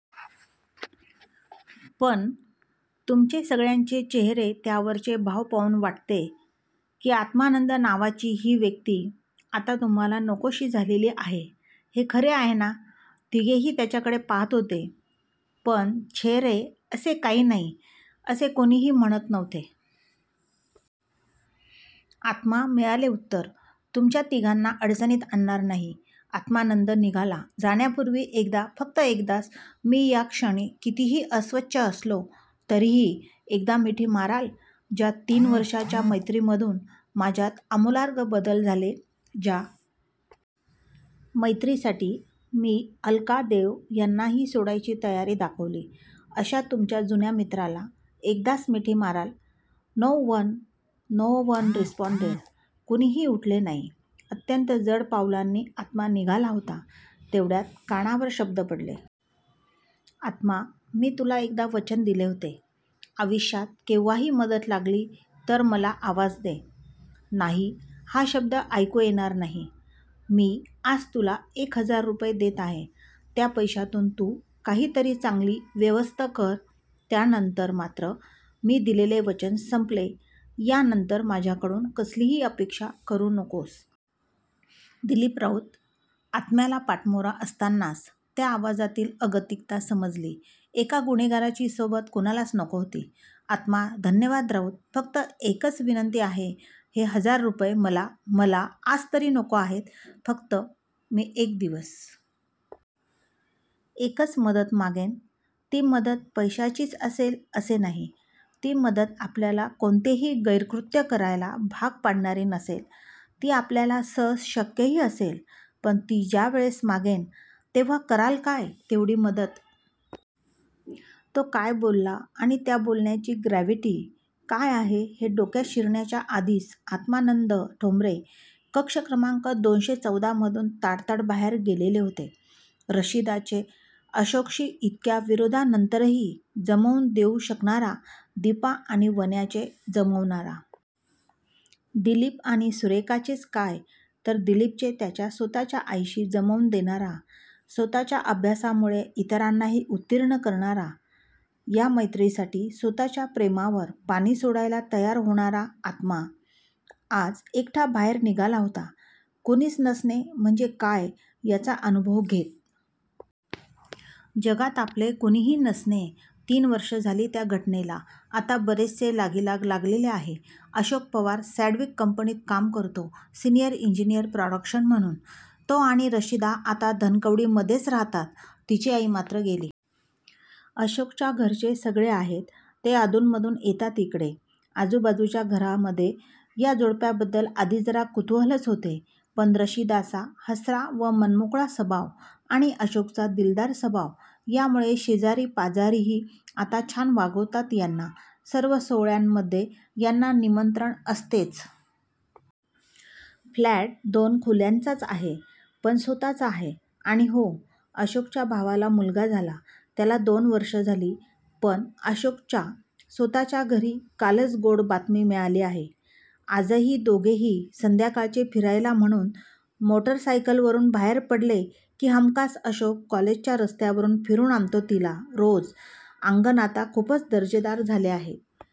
पण, तुमचे सगळ्यांचे चेहरे त्यावरचे भाव पाहून वाटते. की आत्मानंद नावाची ही व्यक्ती आता तुम्हाला नकोशी झालेली आहे. हे खरे आहे ना? तिघेही त्याच्याकडे पाहात होते. पण 'छे रे, असे काही नाही' असे कुणीही म्हणत नव्हते. आत्मा मिळाले उत्तर! तुमच्या तिघांना अडचणीत आणणार नाही. आत्मानंद निघाला जाण्यापुर्वी एकदा फक्त एकदाच मी या क्षणी कितीही अस्वच्छ असलो तरीही, एकदा मिठी माराल? ज्या तीन वर्षांच्या मैत्रीमधून माझ्यात आमुलाग्र बदल झाले.ज्या मैत्रीसाठी मी अलका देव यांनाही सोडायची तयारी दाखवली. अशा तुमच्या जुन्या मित्राला. एकदाच मिठी माराल? No one! No one responded! कुणीही उठले नाही. अत्यंत जड पावलांनी आत्मा निघाला होता. तेवढ्यात कानावर शब्द पडले. "आत्मा मी तुला एकदा वचन दिले होते. आयुष्यात केव्हाही मदत लागली तर मला आवाज दे 'नाही' हा शब्द ऐकू येणार नाही. मी, आज तुला एक हजार रुपये देत आहे. त्या पैशातून तू काहीतरी चांगली व्यवस्थ कर, त्यानंतर मात्र मी दिलेले वचन संपले यानंतर माझ्याकडून कसलीही अपेक्षा करू नकोस." दिलीप राऊत! आत्म्याला पाठमोरा असतानाच त्या आवाजातील अगतिकता समजली. एका गुन्हेगाराची सोबत कुणालाच नको होती. आत्मा धन्यवाद राऊत. फक्त एकच विनंती आहे. हे हजार रुपये. मला मला आज तरी नको आहेत. फक्त मी एक दिवस.. एकच मदत मागेन. ती मदत पैशाचीच असेल असे नाही. ती मदत आपल्याला कोणतेही गैर कृत्य करायला भाग पाडणारी नसेल. ती आपल्याला सहज शक्यही असेल. पण ती ज्यावेळेस मागेन. तेव्हा कराल काय? तेवढी मदत? तो काय बोलला आणि त्या बोलण्याची ग्रॅव्हिटी काय आहे हे डोक्यात शिरण्याच्या आधीच आत्मानंद ठोंबरे कक्ष क्रमांक दोनशे चवदा मधून ताडताड बाहेर गेलेले होते. रशिदाचे अशोकशी इतक्या विरोधानंतरही जमवून देऊ शकणारा, दीपा आणि वन्याचे जमवणारा. दिलीप आणि सुरेखाचेच काय तर दिलीपचे त्याच्या स्वतःच्या आईशी जमवून देणारा. स्वतःच्या अभ्यासामुळे इतरांनाही उत्तीर्ण करणारा. या मैत्रीसाठी स्वतःच्या प्रेमावर पाणी सोडायला तयार होणारा आत्मा, आज एकटा बाहेर निघाला होता. कुणीच नसणे म्हणजे काय याचा अनुभव घेत! जगात आपले कुणीही नसणे. तीन वर्षे झाली त्या घटनेला! आता बरेचसे लागीलाग लागलेले आहे. अशोक पवार सॅंडविक कंपनीत काम करतो. सिनियर इंजीनियर प्रॉडक्शन म्हणून! तो आणि रशिदा आता धनकवडीमध्येच राहतात! तिची आई मात्र गेली. अशोकच्या घरचे सगळे आहेत. ते अधूनमधून येतात इकडे! आजूबाजूच्या घरांमध्ये या जोडप्याबद्दल आधी जरा कुतुहलच होते. पण रशिदाचा हसरा व मनमोकळा स्वभाव आणि अशोकचा दिलदार स्वभाव यामुळे शेजारी पाजारीही आता छान वागवतात यांना सर्व सोहळ्यांमध्ये यांना निमंत्रण असतेच! फ्लॅट दोन खोल्यांचाच आहे, पण स्वतःचा आहे. आणि हो, अशोकच्या भावाला मुलगा झाला त्याला दोन वर्षे झाली पण अशोकच्या स्वतःच्या घरी कालच गोड बातमी मिळाली आहे. आजही दोघेही संध्याकाळचे फिरायला म्हणून मोटरसायकलवरून बाहेर पडले की हमखास अशोक कॉलेजच्या रस्त्यावरून फिरून आणतो तिला! रोज! आंगन आता खूपच दर्जेदार झाले आहे.